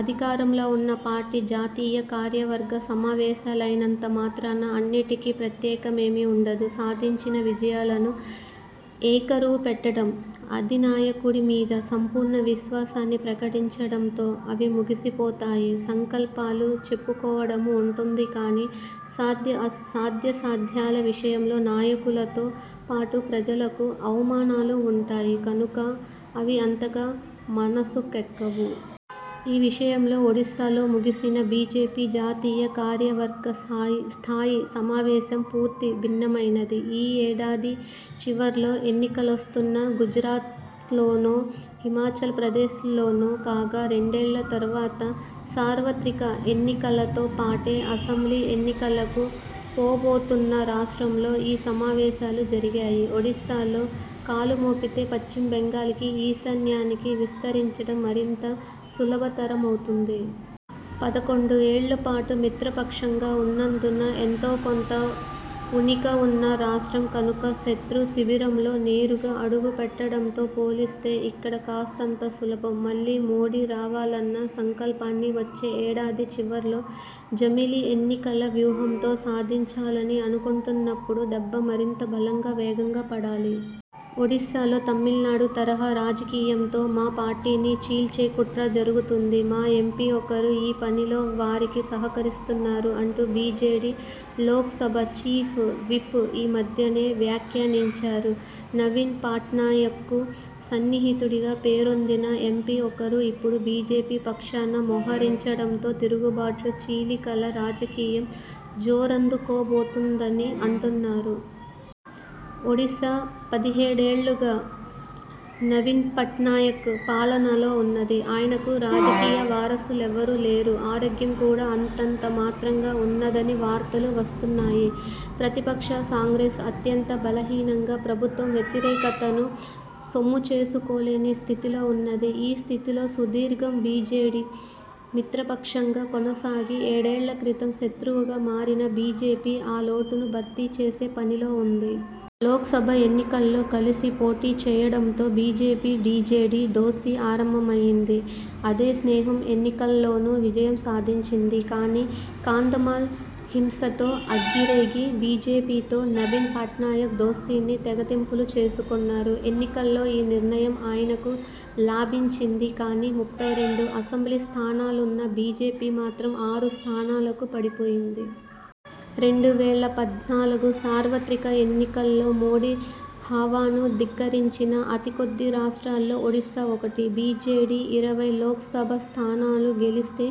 అధికారంలో ఉన్న పార్టీ జాతీయ కార్యవర్గ సమావేశాలైనంత మాత్రాన అన్నింటికీ ప్రత్యేక మేమీ ఉండదు. సాధించిన విజయాలను ఏకరువుపెట్టడం, అధినాయకుడి మీద సంపూర్ణ విశ్వాసాన్ని ప్రకటించడంతో అవి ముగిసిపోతాయి. సంకల్పాలు చెప్పుకోవడమూ ఉంటుంది కానీ, సాధ్యా సాధ్యాసాధ్యాల విషయంలో నాయకులతో పాటు ప్రజలకూ అవమానాలు ఉంటాయి కనుక అవి అంతగా మనసుకెక్కవు. ఈ విషయంలో ఒడిశాలో ముగిసిన బీజేపీ జాతీయ కార్యవర్గ సాయి స్థాయి సమావేశం పూర్తి భిన్నమైనది. ఈ ఏడాది చివర్లో ఎన్నికలొస్తున్న గుజరాత్లోనో, హిమాచల్ ప్రదేశ్లోనో కాక, రెండేళ్ళ తరువాత సార్వత్రిక ఎన్నికలతో పాటే అసెంబ్లీ ఎన్నికలకు పోబోతున్న రాష్ట్రంలో ఈ సమావేశాలు జరిగాయి. ఒడిశాలో కాలుమోపితే పశ్చిమబెంగాల్కీ, ఈశాన్యానికీ విస్తరించడం మరింత సులభతరమవుతుంది. పదకొండు ఏళ్ళపాటు మిత్రపక్షంగా ఉన్నందున ఎంతోకొంత ఊనిక వున్న రాష్ట్రం కనుక, శత్రు శిబిరంలో నేరుగా అడుగుపెట్టడంతో పోలిస్తే ఇక్కడ కాస్తంత సులభం. మళ్ళీ మోదీ రావాలన్న సంకల్పాన్ని వచ్చే ఏడాది చివర్లో జమిలి ఎన్నికల వ్యూహంతో సాధించాలని అనుకుంటున్నప్పుడు దెబ్బ మరింత బలంగా వేగంగా పడాలి. 'ఒడిశాలో తమిళనాడు తరహా రాజకీయంతో మా పార్టీని చీల్చే కుట్ర జరుగుతుంది. మా ఎంపీ ఒకరు ఈ పనిలో వారికి సహకరిస్తున్నారు' అంటూ బీజేడీ లోక్సభ చీఫ్ విప్ ఈ మధ్యనే వ్యాఖ్యానించారు. నవీన్ పట్నాయక్కు సన్నిహితుడిగా పేరొందిన ఎంపీ ఒకరు ఇపుడు బీజేపీ పక్షాన మోహరించడంతో తిరుగుబాట్లు, చీలికల రాజకీయం జోరందుకోబోతున్నదని అంటున్నారు. ఒడిశా పదిహేడేళ్ళుగా నవీన్పట్నాయక్ పాలనలో ఉన్నది. ఆయనకు రాజకీయ వారసులెవరూ లేరు. ఆరోగ్యం కూడా అంతంతమాత్రంగా ఉన్నదని వార్తలు వస్తున్నాయి. ప్రతిపక్ష కాంగ్రెస్ అత్యంత బలహీనంగా ప్రభుత్వ వ్యతిరేకతను సొమ్ముచేసుకోలేని స్థితిలో ఉన్నది. ఈ స్థితిలో సుదీర్ఘకాలం బీజేడీ మిత్రపక్షంగా కొనసాగి, ఏడేళ్ళక్రితం శత్రువుగా మారిన బీజేపీ ఆ లోటును భర్తీచేసే పనిలో ఉంది. లోక్సభ ఎన్నికల్లో కలసి పోటీచేయడంతో బీజేపీ–బీజేడీ దోస్తీ ఆరంభమైంది. అదే స్నేహం ఎన్నికల్లోనూ విజయం సాధించింది. కానీ కాంధమాల్ హింసతో అగ్గిరేగి బీజేపీతో నవీన్ పట్నాయక్ దోస్తీని తెగతెంపులు చేసుకున్నారు. ఎన్నికల్లో ఈ నిర్ణయం ఆయనకు లాభించింది కానీ, ముప్పై రెండు అసెంబ్లీ స్థానాలున్న బీజేపీ మాత్రం ఆరు స్థానాలకు పడిపోయింది. రెండు వేల పద్నాలుగుసార్వత్రిక ఎన్నికల్లో మోదీ హవాను ధిక్కరించిన అతికొద్ది రాష్ట్రాల్లో ఒడిశా ఒకటి. బీజేడీ ఇరవై లోక్సభ స్థానాలు గెలిస్తే,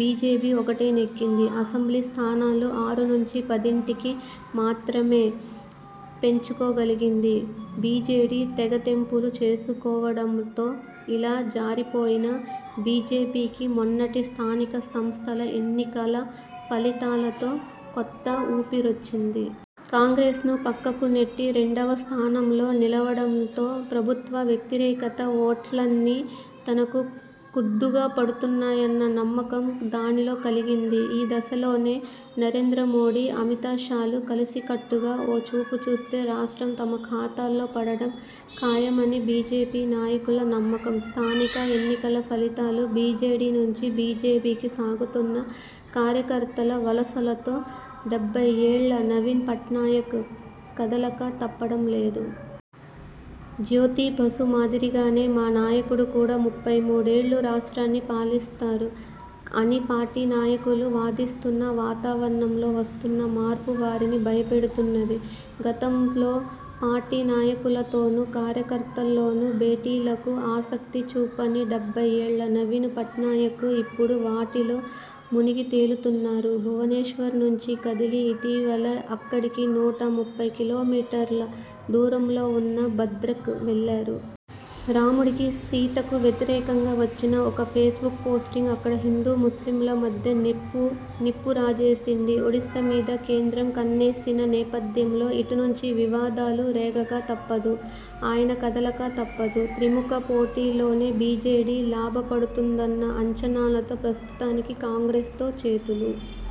బీజేపీ ఒక్కటే నెగ్గింది. అసెంబ్లీ స్థానాలు ఆరునుంచి పదింటికి మాత్రమే పెంచుకోగలిగింది. బీజేడీ తెగతెంపులు చేసుకోవడంతో ఇలా జారిపోయిన బీజేపీకి మొన్నటి స్థానిక సంస్థల ఎన్నికల ఫలితాలతో కొత్త ఊపిరొచ్చింది. కాంగ్రెస్ను పక్కకు నెట్టి రెండవస్థానంలో నిలవడంతో ప్రభుత్వ వ్యతిరేకత ఓట్లన్నీ తనకు కుద్దుగా పడుతున్నాయన్న నమ్మకం దానిలో కలిగింది. ఈ దశలోనే నరేంద్రమోదీ–అమిత్ షాలు కలసికట్టుగా ఓ చూపుచూస్తే రాష్ట్రం తమ ఖాతాలో పడటం ఖాయమని బీజేపీ నాయకుల నమ్మకం. స్థానిక ఎన్నికల ఫలితాలు, బీజేడీ నుంచి బీజేపీకి సాగుతున్న కార్యకర్తల వలసలతో డెబ్బయ్యేళ్ళ నవీన్ పట్నాయక్ కదలక తప్పడం లేదు. 'జ్యోతిబసు మాదిరిగానే మా నాయకుడు కూడా ముప్పై మూడు ఏళ్ళు రాష్ట్రాన్ని పాలిస్తారు' అని పార్టీ నాయకులు వాదిస్తున్నా వాతావరణంలో వస్తున్న మార్పు వారిని భయపెడుతున్నది. గతంలో పార్టీ నాయకులతోనూ, కార్యకర్తల్లోనూ భేటీలకు ఆసక్తి చూపని డెబ్బయ్యేళ్ళ నవీన్ పట్నాయక్ ఇప్పుడు వాటిలో మునిగితేలుతున్నారు. భువనేశ్వర్నుంచి కదిలి ఇటీవలే అక్కడికి నూట ముప్పై కిలోమీటర్ల దూరంలో ఉన్న బద్రక్ వెళ్ళారు. రాముడికీ సీతకూ వ్యతిరేకంగా వచ్చిన ఒక ఫేస్బుక్ పోస్టింగ్ అక్కడ హిందూ ముస్లింల మధ్య నిప్పు రాజేసింది. ఒడిశా మీద కేంద్రం కన్నేసిన నేపథ్యంలో, ఇటువంటి వివాదాలు రేగకా తప్పదు, ఆయన కదలకా తప్పదు. త్రిముఖ పోటీలోనే బీజేడీ లాభపడుతుందన్న అంచనాల తో ప్రస్తుతానికి కాంగ్రెస్తో చేతులు